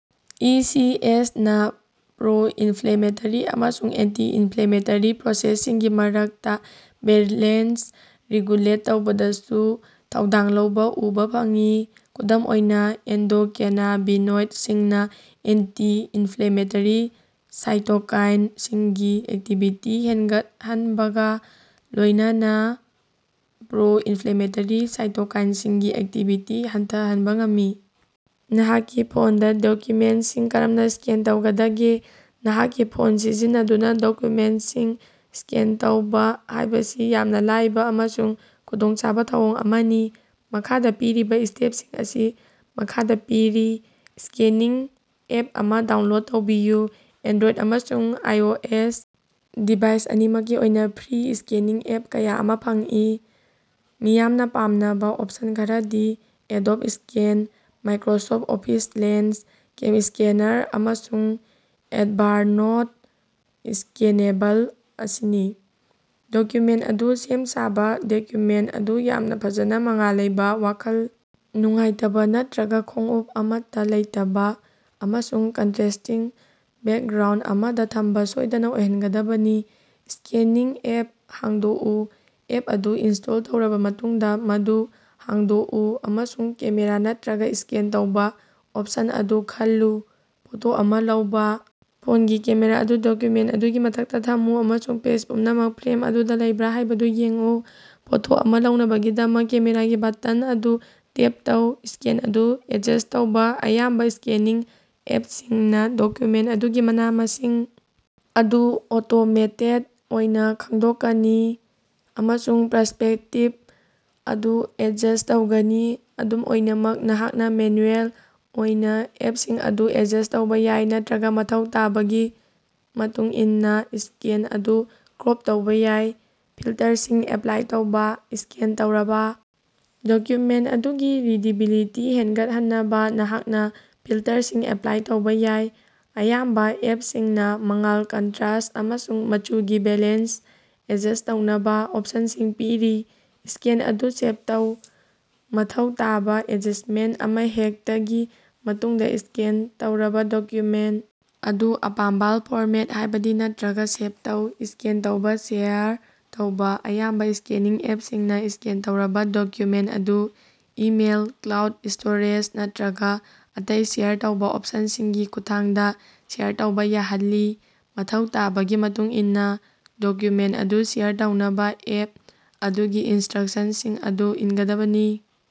E. C. S. ꯅꯥ pro-inflammatory ꯑꯃꯁꯨꯡ anti-inflammatory process ꯁꯤꯡꯒꯤ ꯃꯔꯛꯇ ꯕꯦꯂꯦꯟꯁ ꯔꯤꯒꯨꯂꯦꯠ ꯇꯧꯕꯗꯁꯨ ꯊꯧꯗꯥꯡ ꯂꯧꯕ ꯎꯕ ꯐꯪꯏ꯫ ꯈꯨꯗꯝ ꯑꯣꯏꯅ, ꯑꯦꯟꯗꯣꯀꯦꯅꯥꯕꯤꯅꯣꯏꯗ ꯁꯤꯡꯅ ꯑꯦꯟꯇꯤ-ꯏꯟꯐ꯭ꯂꯦꯃꯦꯇꯔꯤ ꯁꯥꯏꯇꯣꯀꯥꯏꯅ ꯁꯤꯡꯒꯤ ꯑꯦꯛꯇꯤꯚꯤꯇꯤ ꯍꯦꯟꯉꯠꯍꯟꯕꯒ ꯂꯣꯏꯅꯅ ꯄ꯭ꯔꯣ-ꯏꯟꯐ꯭ꯂꯦꯃꯦꯇꯔꯤ ꯁꯥꯏꯇꯣꯀꯥꯏꯟ ꯁꯤꯡꯒꯤ ꯑꯦꯛꯇꯤꯚꯤꯇꯤ ꯍꯟꯊꯍꯟꯕ ꯉꯝꯃꯤ ꯅꯍꯥꯛꯀꯤ ꯐꯣꯟꯗ ꯗꯣꯀ꯭ꯌꯨꯃꯦꯟꯇꯁꯤꯡ ꯀꯔꯝꯅ ꯁ꯭ꯀꯦꯟ ꯇꯧꯒꯗꯒꯦ꯫ ꯅꯍꯥꯛꯀꯤ ꯐꯣꯟ ꯁꯤꯖꯤꯟꯅꯗꯨꯅ ꯗꯣꯀ꯭ꯌꯨꯃꯦꯟꯇꯁꯤꯡ ꯁ꯭ꯀꯦꯟ ꯇꯧꯕ ꯍꯥꯏꯕꯁꯤ ꯌꯥꯝꯅ ꯂꯥꯏꯕ ꯑꯃꯁꯨꯡ ꯈꯨꯗꯣꯡꯆꯥꯕ ꯊꯧꯑꯣꯡ ꯑꯃꯅꯤ꯫ ꯃꯈꯥꯗ ꯄꯤꯔꯤꯕ ꯁ꯭ꯇꯦꯞꯁꯤꯡ ꯑꯁꯤ ꯃꯈꯥꯗ ꯄꯤꯔꯤ: ꯁ꯭ꯀꯦꯅꯤꯡ ꯑꯦꯞ ꯑꯃ ꯗꯥꯎꯟꯂꯣꯗ ꯇꯧꯕꯤꯌꯨ: ꯑꯦꯟꯗ꯭ꯔꯣꯏꯗ ꯑꯃꯁꯨꯡ ꯑꯥꯏꯑꯣꯑꯦꯁ ꯗꯤꯚꯥꯏꯁ ꯑꯅꯤꯃꯛꯀꯤ ꯑꯣꯏꯅ ꯐ꯭ꯔꯤ ꯁ꯭ꯀꯦꯅꯤꯡ ꯑꯦꯞ ꯀꯌꯥ ꯑꯃ ꯐꯪꯏ꯫ ꯃꯤꯌꯥꯝꯅ ꯄꯥꯝꯅꯕ ꯑꯣꯞꯁꯟ ꯈꯔꯗꯤ Adobe Scan, Microsoft Office Lens, CamScanner, ꯑꯃꯁꯨꯡ ꯑꯦꯚꯥꯔꯅꯣꯠ ꯁ꯭ꯀꯦꯅꯦꯕꯜ ꯑꯁꯤꯅꯤ꯫ ꯗꯣꯀ꯭ꯌꯨꯃꯦꯟꯇ ꯑꯗꯨ ꯁꯦꯝ-ꯁꯥꯕ: ꯗꯣꯀ꯭ꯌꯨꯃꯦꯟꯇ ꯑꯗꯨ ꯌꯥꯝꯅ ꯐꯖꯅ ꯃꯉꯥꯜ ꯂꯩꯕ, ꯋꯥꯈꯜ ꯅꯨꯡꯉꯥꯏꯇꯕ ꯅꯠꯇꯔꯒ ꯈꯣꯡꯎꯞ ꯑꯃꯠꯇ ꯂꯩꯇꯕ ꯑꯃꯁꯨꯡ ꯀꯟꯇ꯭ꯔꯦꯁ꯭ꯇꯤꯡ ꯕꯦꯛꯒ꯭ꯔꯥꯎꯟꯗ ꯑꯃꯗ ꯊꯝꯕ ꯁꯣꯏꯗꯅ ꯑꯣꯏꯍꯟꯒꯗꯕꯅꯤ꯫ ꯁ꯭ꯀꯦꯅꯤꯡ ꯑꯦꯞ ꯍꯥꯡꯗꯣꯛꯎ: ꯑꯦꯞ ꯑꯗꯨ ꯏꯟꯁ꯭ꯇꯣꯜ ꯇꯧꯔꯕ ꯃꯇꯨꯡꯗ, ꯃꯗꯨ ꯍꯥꯡꯗꯣꯛꯎ ꯑꯃꯁꯨꯡ ꯀꯦꯃꯦꯔꯥ ꯅꯠꯇꯔꯒ ꯁ꯭ꯀꯦꯟ ꯇꯧꯕ ꯑꯣꯞꯁꯟ ꯑꯗꯨ ꯈꯜꯂꯨ꯫ ꯐꯣꯇꯣ ꯑꯃ ꯂꯧꯕ: ꯐꯣꯉꯤ ꯀꯦꯃꯦꯔꯥ ꯑꯗꯨ ꯗꯣꯀ꯭ꯌꯨꯃꯦꯟꯇ ꯑꯗꯨꯒꯤ ꯃꯊꯛꯇ ꯊꯝꯃꯨ ꯑꯃꯁꯨꯡ ꯄꯦꯖ ꯄꯨꯝꯅꯃꯛ ꯐ꯭ꯔꯦꯝ ꯑꯗꯨꯗ ꯂꯩꯕ꯭ꯔ ꯍꯥꯏꯕꯗꯨ ꯌꯦꯡꯎ꯫ ꯐꯣꯇꯣ ꯑꯃ ꯂꯧꯅꯕꯒꯤꯗꯃꯛ ꯀꯦꯃꯦꯔꯥꯒꯤ ꯕꯥꯇꯟ ꯑꯗꯨ ꯇꯦꯞ ꯇꯧ꯫ ꯁ꯭ꯀꯦꯟ ꯑꯗꯨ ꯑꯦꯗꯖꯁ ꯇꯧꯕ: ꯑꯌꯥꯝꯕ ꯁ꯭ꯀꯦꯅꯤꯡ ꯑꯦꯞꯁꯤꯡꯅ ꯗꯣꯀ꯭ꯌꯨꯃꯦꯟꯇ ꯑꯗꯨꯒꯤ ꯃꯅꯥ-ꯃꯁꯤꯡ ꯑꯗꯨ ꯑꯣꯇꯣꯃꯦꯇꯦꯗ ꯑꯣꯏꯅ ꯈꯪꯗꯣꯛꯀꯅꯤ ꯑꯃꯁꯨꯡ ꯄꯔꯁ꯭ꯄꯦꯛꯇꯤꯚ ꯑꯗꯨ ꯑꯦꯗꯖꯁ꯭ꯠ ꯇꯧꯒꯅꯤ꯫ ꯑꯗꯨꯝ ꯑꯣꯏꯅꯃꯛ, ꯅꯍꯥꯛꯅ ꯃꯦꯅ꯭ꯌꯨꯑꯦꯜ ꯑꯣꯏꯅ ꯑꯦꯞꯁꯤꯡ ꯑꯗꯨ ꯑꯦꯗꯖꯁ꯭ꯠ ꯇꯧꯕ ꯌꯥꯏ ꯅꯠꯇꯔꯒ ꯃꯊꯧ ꯇꯥꯕꯒꯤ ꯃꯇꯨꯡꯏꯟꯅ ꯁ꯭ꯀꯦꯟ ꯑꯗꯨ ꯀ꯭ꯔꯣꯞ ꯇꯧꯕ ꯌꯥꯏ꯫ ꯐꯤꯜꯇꯔꯁꯤꯡ ꯑꯦꯄ꯭ꯂꯥꯏ ꯇꯧꯕ: ꯁ꯭ꯀꯦꯟ ꯇꯧꯔꯕ ꯗꯣꯀ꯭ꯌꯨꯃꯦꯟꯇ ꯑꯗꯨꯒꯤ ꯔꯤꯗꯤꯕꯤꯂꯤꯇꯤ ꯍꯦꯟꯒꯠꯍꯟꯅꯕ ꯅꯍꯥꯛꯅ ꯐꯤꯜꯇꯔꯁꯤꯡ ꯑꯦꯄ꯭ꯂꯥꯏ ꯇꯧꯕ ꯌꯥꯏ꯫ ꯑꯌꯥꯝꯕ ꯑꯦꯄꯁꯤꯡꯅ ꯃꯉꯥꯜ, ꯀꯟꯇꯔꯁ꯭ꯠ ꯑꯃꯁꯨꯡ ꯃꯆꯨꯒꯤ ꯕꯦꯂꯦꯟꯁ ꯑꯦꯗꯖꯁ꯭ꯠ ꯇꯧꯅꯕ ꯑꯣꯞꯁꯟ ꯁꯤꯡ ꯄꯤꯔꯤ꯫ ꯁ꯭ꯀꯦꯟ ꯑꯗꯨ ꯁꯦꯚ ꯇꯧ: ꯃꯊꯧ ꯇꯥꯕ ꯑꯦꯗꯖꯁ꯭ꯇꯃꯦꯟꯇ ꯑꯃꯍꯦꯛꯇꯒꯤ ꯃꯇꯨꯡꯗ, ꯁ꯭ꯀꯦꯟ ꯇꯧꯔꯕ ꯗꯣꯀ꯭ꯌꯨꯃꯦꯟꯇ ꯑꯗꯨ ꯑꯄꯥꯝꯕꯥꯜ ꯐꯣꯔꯃꯦꯠꯇ, ꯍꯥꯏꯕꯗꯤ ꯅꯠꯇꯔꯒ ꯁꯦꯚ ꯇꯧ꯫ ꯁ꯭ꯀꯦꯟ ꯇꯧꯕ ꯁꯦꯌꯥꯔ ꯇꯧꯕ: ꯑꯌꯥꯝꯕ ꯁ꯭ꯀꯦꯅꯤꯡ ꯑꯦꯞꯁꯤꯡꯅ ꯁ꯭ꯀꯦꯟ ꯇꯧꯔꯕ ꯗꯣꯀ꯭ꯌꯨꯃꯦꯟꯇ ꯑꯗꯨ ꯏꯃꯦꯏꯜ, ꯀ꯭ꯂꯥꯎꯗ ꯁ꯭ꯇꯣꯔꯦꯖ ꯅꯠꯇꯔꯒ ꯑꯇꯩ ꯁꯦꯌꯔ ꯇꯧꯕ ꯑꯣꯞꯁꯟꯁꯤꯡꯒꯤ ꯈꯨꯠꯊꯥꯡꯗ ꯁꯦꯌꯥꯔ ꯇꯧꯕ ꯌꯥꯍꯜꯂꯤ꯫ ꯃꯊꯧ ꯇꯥꯕꯒꯤ ꯃꯇꯨꯡꯏꯟꯅ ꯗꯣꯀ꯭ꯌꯨꯃꯦꯟꯇ ꯑꯗꯨ ꯁꯦꯌꯥꯔ ꯇꯧꯅꯕ ꯑꯦꯞ ꯑꯗꯨꯒꯤ ꯏꯟꯁ꯭ꯠꯔꯛꯁꯟꯁꯤꯡ ꯑꯗꯨ ꯏꯟꯒꯗꯕꯅꯤ꯫